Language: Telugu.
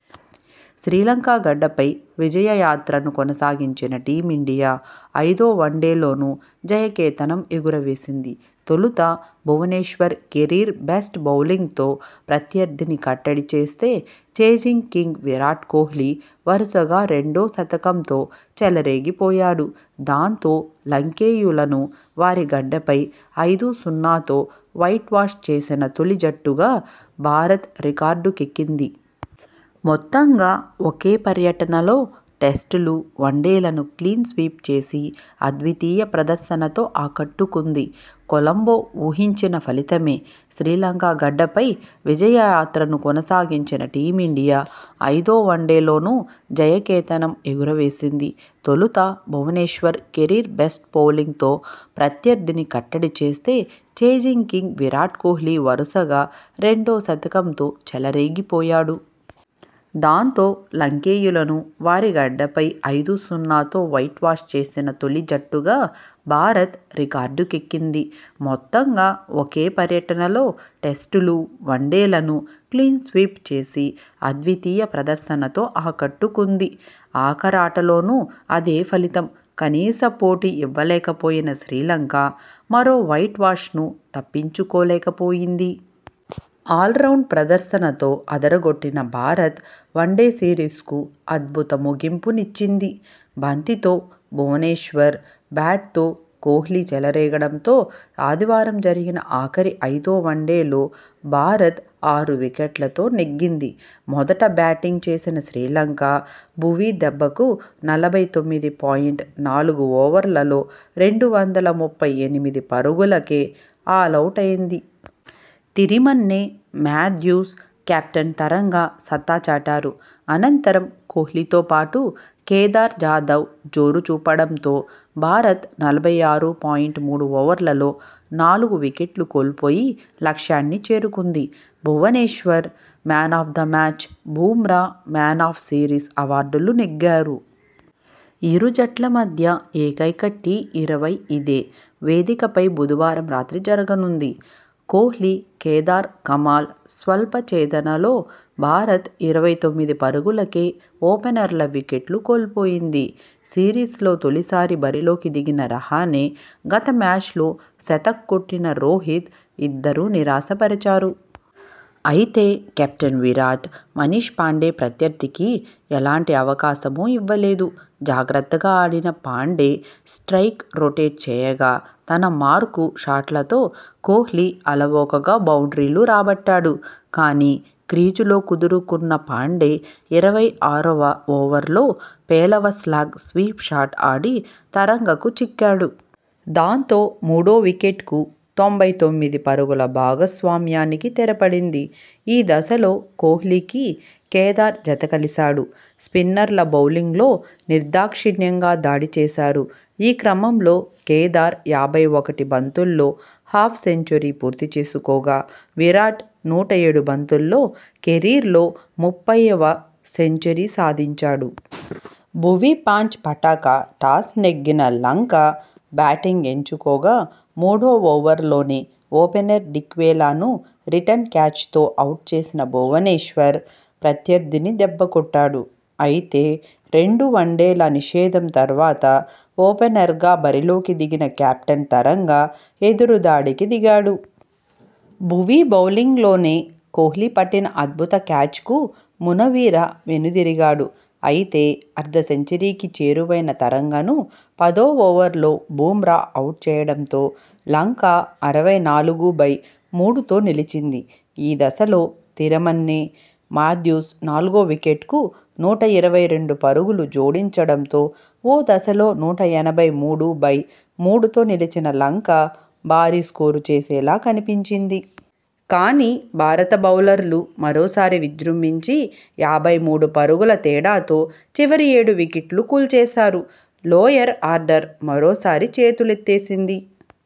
శ్రీలంక గడ్డపై విజయయాత్రను కొనసాగించిన టీం ఇండియా ఐదో వన్డేలోనూ జయ కేతనం ఎగురవేసింది. తొలుత భువనేశ్వర్ కెరీర్ బెస్ట్ బౌలింగ్ తో ప్రత్యర్థిని కట్టడి చేస్తే ఛేజింగ్ కింగ్ విరాట్ కోహ్లీ వరుసగా రెండో శతకంతో చెలరేగిపోయాడు. దాంతో, లంకేయులను వారి గడ్డపై ఐదు సున్నాతో వైట్ వాష్ చేసిన తొలి జట్టుగా భారత్ రికార్డుకెక్కింది. మొత్తంగా ఒకే పర్యటనలో టెస్టులు, వన్డేలను క్లీన్ స్వీప్ చేసి అద్వితీయ ప్రదర్శనతో ఆకట్టుకుంది. కొలంబో ఊహించిన ఫలితమే. శ్రీలంక గడ్డపై విజయయాత్రను కొనసాగించిన టీం ఇండియా ఐదో వన్డే లోనూ జయకేతనం ఎగురవేసింది. తొలుత భువనేశ్వర్ కెరీర్ బెస్ట్ బౌలింగ్ తో ప్రత్యర్థిని కట్టడి చేస్తే ఛేజింగ్ కింగ్ విరాట్ కోహ్లీ వరుసగా రెండో శతకంతో చెలరేగిపోయాడు. దాంతో, లంకేయులను వారిగడ్డపై ఐదు సున్నాతో వైట్ వాష్ చేసిన తొలి జట్టుగా భారత్ రికార్డుకెక్కింది. మొత్తంగా ఒకే పర్యటనలో టెస్టులు, వన్డేలను క్లీన్ స్వీప్ చేసి అద్వితీయ ప్రదర్శనతో ఆకట్టుకుంది. ఆఖరాటలోనూ అదే ఫలితం. కనీస పోటీ ఇవ్వలేకపోయిన శ్రీలంక మరో వైట్ వాష్ ను తప్పించుకోలేకపోయింది. ఆల్రౌండ్ ప్రదర్శనతో అదరగొట్టిన భారత్ వన్డే సిరీస్ కు అద్భుత ముగింపు నిచ్చింది. బంతితో భువనేశ్వర్, బ్యాట్ తో కోహ్లీ చెలరేగడంతో ఆదివారం జరిగిన ఆఖరి, ఐదో వన్డేలో భారత్ ఆరు వికెట్లతో నెగ్గింది. మొదట బ్యాటింగ్ చేసిన శ్రీలంక. భువీ దెబ్బకు నలభై తొమ్మిది పాయింట్ నాలుగు ఓవర్లలో రెండు వందల ముప్పై ఎనిమిది పరుగులకే ఆలౌటైంది. తిరిమన్నె, మాథ్యూస్, కెప్టెన్ తరంగ సత్తా చాటారు. అనంతరం కోహ్లీతో పాటు కేదార్ జాదవ్ జోరు చూపడంతో భారత్ నలభై ఆరు పాయింట్ మూడు ఓవర్లలో నాలుగు వికెట్లు కోల్పోయి లక్ష్యాన్ని చేరుకుంది. Bhuvneshwar 'man of the match', Bumrah 'man of series' అవార్డులు నెగ్గారు. ఇరు జట్ల మధ్య ఏకైక టీ ఇరవై ఇదే వేదికపై బుధవారం రాత్రి జరగనుంది. కోహ్లీ, కేదార్ కమాల్ స్వల్ప ఛేదనలో భారత్ ఇరవై తొమ్మిది పరుగులకే ఓపెనర్ల వికెట్లు కోల్పోయింది. సిరీస్ లో తొలిసారి బరిలోకి దిగిన రహానె, గత మ్యాచ్లో శతక్కొట్టిన రోహిత్ ఇద్దరూ నిరాశ పరిచారు. అయితే, కెప్టెన్ విరాట్, మనీష్ పాండే ప్రత్యర్థికి ఎలాంటి అవకాశమూ ఇవ్వలేదు. జాగ్రత్తగా ఆడిన పాండే స్ట్రయిక్ రొటేట్ చేయగా. తన మార్కు షాట్లతో కోహ్లీ అలవోకగా బౌండ్రీలు రాబట్టాడు. కానీ, క్రీజులో కుదురుకున్న పాండే. ఇరవై ఆరువ ఓవర్ లో పేలవ స్లాగ్ స్వీప్ షాట్ ఆడి తరంగకు చిక్కాడు. దాంతో, మూడో వికెట్ కు తొంభై తొమ్మిది పరుగుల భాగస్వామ్యానికి తెరపడింది. ఈ దశలో కోహ్లీకి కేదార్ జతకలిశాడు. స్పిన్నర్ల బౌలింగ్ లో నిర్దాక్షిణ్యంగా దాడి చేశారు. ఈ క్రమంలో కేదార్ యాభై ఒకటి బంతుల్లో హాఫ్ సెంచరీ పూర్తి చేసుకోగా. విరాట్ నూట ఏడు బంతుల్లో కెరీర్లో ముప్పైవ సెంచరీ సాధించాడు. భువీ పాంచ్ పటాకా టాస్ నెగ్గిన లంక బ్యాటింగ్ ఎంచుకోగా. మూడో ఓవర్ లోనే ఓపెనర్ డిక్వెలా ను రిటర్న్ క్యాచ్ తో అవుట్ చేసిన భువనేశ్వర్ ప్రత్యర్థిని దెబ్బకొట్టాడు. అయితే, రెండు వన్డేల నిషేధం తర్వాత ఓపెనర్ గా బరిలోకి దిగిన కెప్టెన్ తరంగ ఎదురుదాడికి దిగాడు. భువీ బౌలింగ్ లోనే కోహ్లీ పట్టిన అద్భుత క్యాచ్ కు మునవీర వెనుదిరిగాడు. అయితే, అర్ధ సెంచరీకి చేరువైన తరంగను పదో ఓవర్లో బుమ్రా అవుట్ చేయడంతో లంక అరవై నాలుగు బై మూడుతో నిలిచింది. ఈ దశలో తిరిమన్నె, మాథ్యూస్ నాలుగో వికెట్ కు నూట ఇరవై రెండు పరుగులు జోడించడంతో ఓ దశలో నూట ఎనభై మూడు బై మూడుతో నిలిచిన లంక భారీ స్కోరు చేసేలా కనిపించింది. కానీ, భారత బౌలర్లు మరోసారి విజృంభించి యాభై మూడు పరుగుల తేడాతో చివరి ఏడు వికెట్లు కూల్చేశారు. లోయర్ ఆర్డర్ మరోసారి చేతులెత్తేసింది.